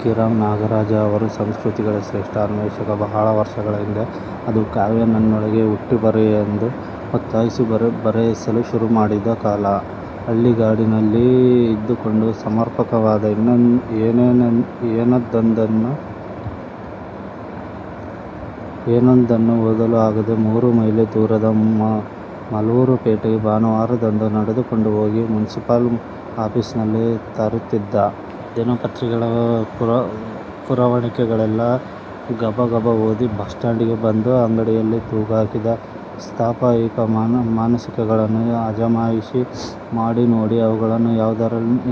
ಕಿ. ರಂ. ನಾಗರಾಜ ಅವರು ಸಂಸ್ಕೃತಿಗಳ ಶ್ರೇಷ್ಠ ಅನ್ವೇಷಕ. ಬಹಳ ವರ್ಷಗಳ ಹಿಂದೆ ಅದು ಕಾವ್ಯ ನನ್ನೊಳಗೆ ಹುಟ್ಟಿ ಬರೆಯೆಂದು ಒತ್ತಾಯಿಸಿ ಬರೆಸಲು ಶುರು ಮಾಡಿದ ಕಾಲ. ಹಳ್ಳಿಗಾಡಿನಲ್ಲಿ ಇದ್ದುಕೊಂಡು ಸಮರ್ಪಕವಾದ ಏನೊಂದನ್ನೂ ಓದಲು ಆಗದೆ, ಮೂರು ಮೈಲಿ ದೂರ ಮಾಲೂರು ಪೇಟೆಗೆ ಭಾನುವಾರದಂದು ನಡೆದುಕೊಂಡು ಹೋಗಿ ಮುನಿಸಿಪಲ್ ಆಫೀಸಿನಲ್ಲಿ ತರಿಸುತ್ತಿದ್ದ ದಿನ ಪತ್ರಿಕೆಗಳ ಪುರವಣಿಗಳನ್ನೆಲ್ಲ ಗಬಗಬ ಓದಿ ಬಸ್ ಸ್ಟಾಂಡಿಗೆ ಬಂದು ಅಂಗಡಿಯಲ್ಲಿ ತೂಗುಹಾಕಿದ ಸಾಪ್ತಾಹಿಕ, ಮಾಸಿಕಗಳನ್ನು ಅಜಮಾಯಿಶಿ ಮಾಡಿ ನೋಡಿ, ಅವುಗಳಲ್ಲಿ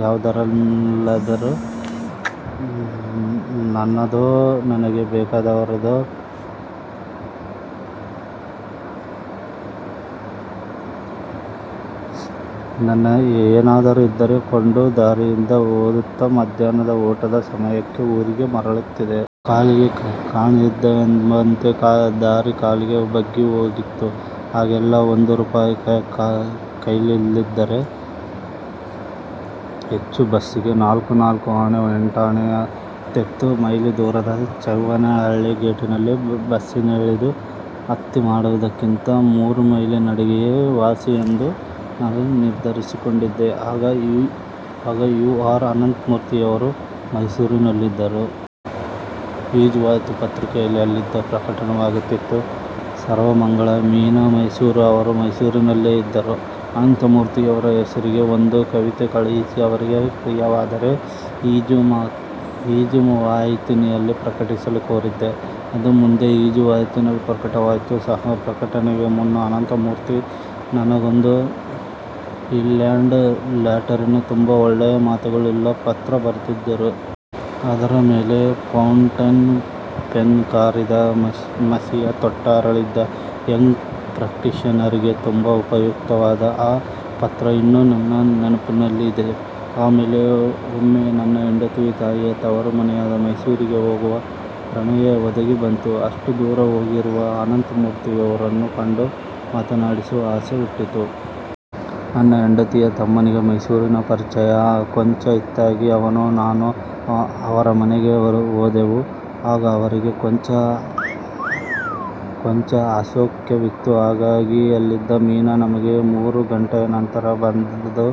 ಯಾವುದರಲ್ಲಾದರೂ ನನ್ನದೋ, ನನಗೆ ಬೇಕಾದವರದೋ ಏನಾದರೂ ಇದ್ದರೆ ಕೊಂಡು, ದಾರಿಯುದ್ದ ಓದುತ್ತಾ ಮಧ್ಯಾಹ್ನದ ಊಟದ ಸಮಯಕ್ಕೆ ಊರಿಗೆ ಮರಳುತ್ತಿದ್ದೆ. ಕಾಲಿಗೆ ಕಣ್ಣಿದ್ದವೆಂಬಂತೆ ದಾರಿ ಕಾಲಿಗೆ ಒಗ್ಗಿಹೋಗಿತ್ತು. ಆಗೆಲ್ಲ ಒಂದು ರೂಪಾಯಿ ಕೈಲಿದ್ದರೆ ಹೆಚ್ಚು. ಬಸ್ಸಿಗೆ ನಾಲ್ಕು ನಾಲ್ಕು ಆಣೆ ಎಂಟಾಣೆ ತೆತ್ತು ಮೈಲಿ ದೂರದ ಚವ್ವೇನಹಳ್ಳಿ ಗೇಟಿನಲ್ಲಿ ಬಸ್ಸಿಳಿದು ಹತ್ತಿ ಮಾಡುವುದಕ್ಕಿಂತ ಮೂರು ಮೈಲಿ ನಡಿಗೆಯೇ ವಾಸಿ ಎಂದು ನಾನು ನಿರ್ಧರಿಸಿಕೊಂಡಿದ್ದೆ. ಆಗ ಯು ಆರ್ ಅನಂತಮೂರ್ತಿಯವರು ಮೈಸೂರಿನಲ್ಲಿದ್ದರು. ರುಜುವಾತು ಪತ್ರಿಕೆಯೂ ಅಲ್ಲಿಂದ ಪ್ರಕಟವಾಗುತ್ತಿತ್ತು. ಸರ್ವಮಂಗಳ, ಮೀನಾ ಮೈಸೂರು ಅವರೂ ಮೈಸೂರಿನಲ್ಲೇ ಇದ್ದರು. ಅನಂತಮೂರ್ತಿಯವರ ಹೆಸರಿಗೇ ಒಂದು ಕವಿತೆ ಕಳುಹಿಸಿ ಅವರಿಗೆ ಪ್ರಿಯವಾದರೆ ರುಜುವಾತಿನಲ್ಲಿ ಪ್ರಕಟಿಸಲು ಕೋರಿದ್ದೆ. ಅದು ಮುಂದೆ ರುಜುವಾತಿನಲ್ಲಿ ಪ್ರಕಟವಾಯಿತು ಸಹ. ಪ್ರಕಟಣೆಗೆ ಮುನ್ನ ಅನಂತಮೂರ್ತಿ ನನಗೊಂದು ಇನ್ಲ್ಯಾಂಡ್ ಲೆಟರಿನ ತುಂಬ ಒಳ್ಳೆಯ ಮಾತುಗಳುಳ್ಳ ಪತ್ರ ಬರೆದಿದ್ದರು. ಅದರ ಮೇಲೆ ಫೌಂಟನ್ ಪೆನ್ ಕಾರಿದ ಮಸಿಯ ತೊಟ್ಟು ಅರಳಿದ್ದ ಯಂಗ್ ಪ್ರಾಕ್ಟೀಶನರ್ಗೆ ತುಂಬ ಉಪಯುಕ್ತವಾದ ಆ ಪತ್ರ ಇನ್ನೂ ನನ್ನ ನೆನಪಲ್ಲಿದೆ. ಆಮೇಲೆ ಒಮ್ಮೆ ನನ್ನ ಹೆಂಡತಿಯ ತಾಯಿಯ ತವರು ಮನೆಯಾದ ಮೈಸೂರಿಗೆ ಹೋಗುವ ಪ್ರಮೇಯ ಒದಗಿ ಬಂತು. ಅಷ್ಟು ದೂರ ಹೋಗಿರುವಾಗ ಅನಂತಮೂರ್ತಿಯವರನ್ನು ಕಂಡು ಮಾತಾಡಿಸುವ ಆಸೆ ಹುಟ್ಟಿತು. ನನ್ನ ಹೆಂಡತಿಯ ತಮ್ಮನಿಗೆ ಮೈಸೂರಿನ ಪರಿಚಯ ಕೊಂಚ ಇತ್ತಾಗಿ ಅವನೂ ನಾನೂ ಅವರ ಮನೆಗೆ ಹೋದೆವು. ಆಗ ಅವರಿಗೆ ಕೊಂಚ ಅಸೌಖ್ಯವಿತ್ತು. ಹಾಗಾಗಿ ಅಲ್ಲಿದ್ದ ಮೀನಾ ನಮಗೆ ಮೂರು ಘಂಟೆಯ ನಂತರ ಬಂದು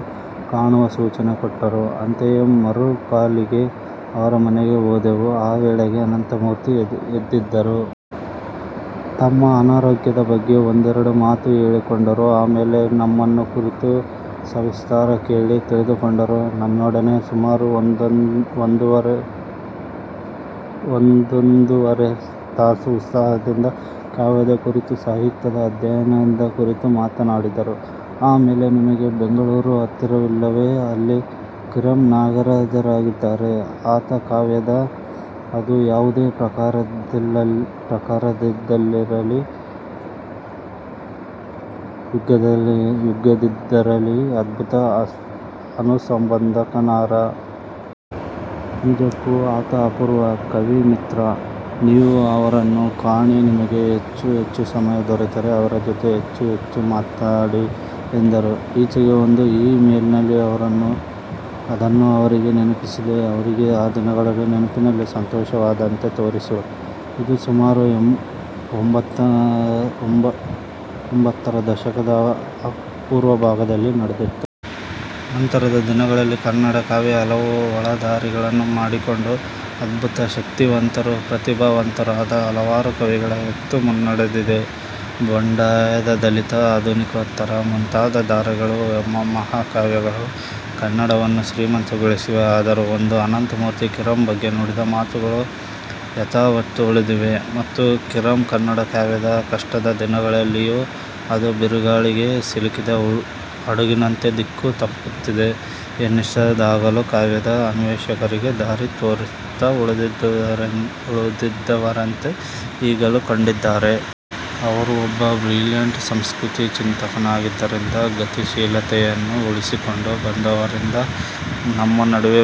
ಕಾಣುವ ಸೂಚನೆ ಕೊಟ್ಟರು. ಅಂತೆಯೇ ಮೂರೂಕಾಲಿಗೆ ಅವರ ಮನೆಗೆ ಹೋದೆವು. ಆ ವೇಳೆಗೆ ಅನಂತಮೂರ್ತಿ ಎದ್ದಿದ್ದರು. ತಮ್ಮ ಅನಾರೋಗ್ಯದ ಬಗ್ಗೆ ಒಂದೆರಡು ಮಾತು ಹೇಳಿಕೊಂಡರು. ಆ ಮೇಲೆ ನಮ್ಮನ್ನು ಕುರಿತು ಸವಿಸ್ತಾರ ಕೇಳಿ ತಿಳಿದುಕೊಂಡರು. ನನ್ನೊಡನೆ ಸುಮಾರು ಒಂದೊಂದೂವರೆ ತಾಸು ಉತ್ಸಾಹದಿಂದ ಕಾವ್ಯದ ಕುರಿತು, ಸಾಹಿತ್ಯದ ಅಧ್ಯಯನದ ಕುರಿತು ಮಾತಾಡಿದರು. ಆ ಮೇಲೆ ನಿಮಗೆ ಬೆಂಗಳೂರು ಹತ್ತಿರವಲ್ಲವೇ? ಅಲ್ಲಿ ಕಿರಂ ನಾಗರಾಜರಿದ್ದಾರೆ. ಆತ ಕಾವ್ಯದ ಅದು ಯಾವುದೇ ಪ್ರಕಾರದ್ದಿರಲಿ, ಯುಗದ್ದಿರಲಿ ಅದ್ಭುತ ಅನುಸಂಧಾನಕಾರ. ನಿಜಕ್ಕೂ ಆತ ಅಪೂರ್ವ ಕವಿಮಿತ್ರ. ನೀವು ಅವರನ್ನು ಕಾಣಿ. ನಿಮಗೆ ಹೆಚ್ಚು ಹೆಚ್ಚು ಸಮಯ ದೊರೆತರೆ ಅವರ ಜೊತೆ ಹೆಚ್ಚು ಹೆಚ್ಚು ಮಾತಾಡಿ ಎಂದರು. ಈಚೆಗೆ ಒಂದು ಇ ಮೇಲಿನಲ್ಲಿ ಅದನ್ನು ಅವರಿಗೆ ನೆನಪಿಸಿದೆ. ಅವರಿಗೆ ಆ ದಿನಗಳ ನೆನಪಿನಲ್ಲಿ ಸಂತೋಷವಾದಂತೆ ತೋರಿತು. ಇದು ಸುಮಾರು ಎಂಬತ್ತರ ದಶಕದ ಪೂರ್ವಭಾಗದಲ್ಲಿ ನಡೆದದ್ದು. ನಂತರದ ದಿನಗಳಲ್ಲಿ ಕನ್ನಡ ಕಾವ್ಯ ಹಲವು ಒಳದಾರಿಗಳನ್ನು ಮಾಡಿಕೊಂಡು, ಅದ್ಭುತ ಶಕ್ತಿವಂತರೂ, ಪ್ರತಿಭಾವಂತರೂ ಆದ ಹಲವಾರು ಕವಿಗಳ ಹೆತ್ತು ಮುನ್ನಡೆದಿದೆ. ಬಂಡಾಯ ದಲಿತ ಆಧುನಿಕೋತ್ತರ ಮುಂತಾದ ಧಾರೆಗಳು, ಮಹಾಕಾವ್ಯಗಳು ಕನ್ನಡವನ್ನು ಶ್ರೀಮಂತಗೊಳಿಸಿವೆ. ಆದರೂ ಅಂದು ಅನಂತಮೂರ್ತಿ ಕಿರಂ ಬಗ್ಗೆ ನುಡಿದ ಮಾತುಗಳು ಯಥಾವತ್ತು ಉಳಿದಿವೆ. ಮತ್ತು ಕಿರಂ ಕನ್ನಡ ಕಾವ್ಯದ ಕಷ್ಟದ ದಿನಗಳಲ್ಲಿಯೂ, ಅದು ಬಿರುಗಾಳಿಗೆ ಸಿಲುಕಿದ ಹಡಗಿನಂತೆ ದಿಕ್ಕು ತಪ್ಪುತ್ತಿದೆ ಎನ್ನಿಸಿದಾಗಲೂ ಕಾವ್ಯದ ಅನ್ವೇಷಕರಿಗೆ ದಾರಿ ತೋರುತ್ತ ಉಳಿದಿದ್ದವರಂತೆ ಈಗಲೂ ಕಂಡಿದ್ದಾರೆ. ಅವರು ಒಬ್ಬ ಬ್ರಿಲಿಯಂಟ್ ಸಂಸ್ಕೃತಿ ಚಿಂತಕನಾದ್ದರಿಂದ, ಗತಿಶೀಲತೆಯನ್ನು ಉಳಿಸಿಕೊಂಡು ಬಂದದ್ದರಿಂದ ನಮ್ಮ ನಡುವೆ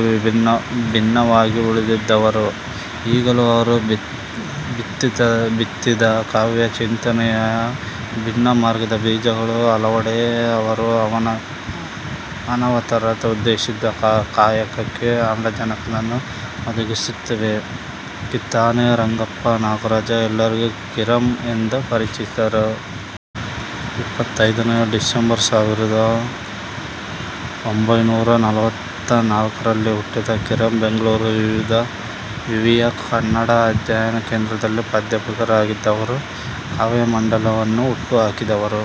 ಭಿನ್ನವಾಗಿ ಉಳಿದಿದ್ದವರು. ಈಗಲೂ ಅವರು ಬಿತ್ತಿದ ಕಾವ್ಯ ಚಿಂತನೆಯ ಭಿನ್ನ ಮಾರ್ಗದ ಬೀಜಗಳು ಹಲವೆಡೆ ಅವರು ಅನವರತ ಉದ್ದೇಶಿಸಿದ್ದ ಕಾಯಕಕ್ಕೆ ಆಮ್ಲಜನಕವನ್ನು ಒದಗಿಸುತ್ತಿವೆ. ಕಿತ್ತಾನೆ ರಂಗಪ್ಪ ನಾಗರಾಜ ಎಲ್ಲರಿಗೂ ಕಿರಂ ಎಂದೇ ಪರಿಚಿತರು. ಇಪ್ಪತೈದನೇ ಡಿಸೆಂಬರ್ ಸಾವಿರದ ಒಂಬೈನೂರಾ ನಲವತ್ತ ನಾಲ್ಕರಲ್ಲಿ ಹುಟ್ಟಿದ ಕಿರಂ, ಬೆಂಗಳೂರು ವಿವಿಯ ಕನ್ನಡ ಅಧ್ಯಯನ ಕೇಂದ್ರದಲ್ಲಿ ಪ್ರಾಧ್ಯಾಪಕರಾಗಿದ್ದವರು, ಕಾವ್ಯಮಂಡಲವನ್ನು ಹುಟ್ಟುಹಾಕಿದವರು.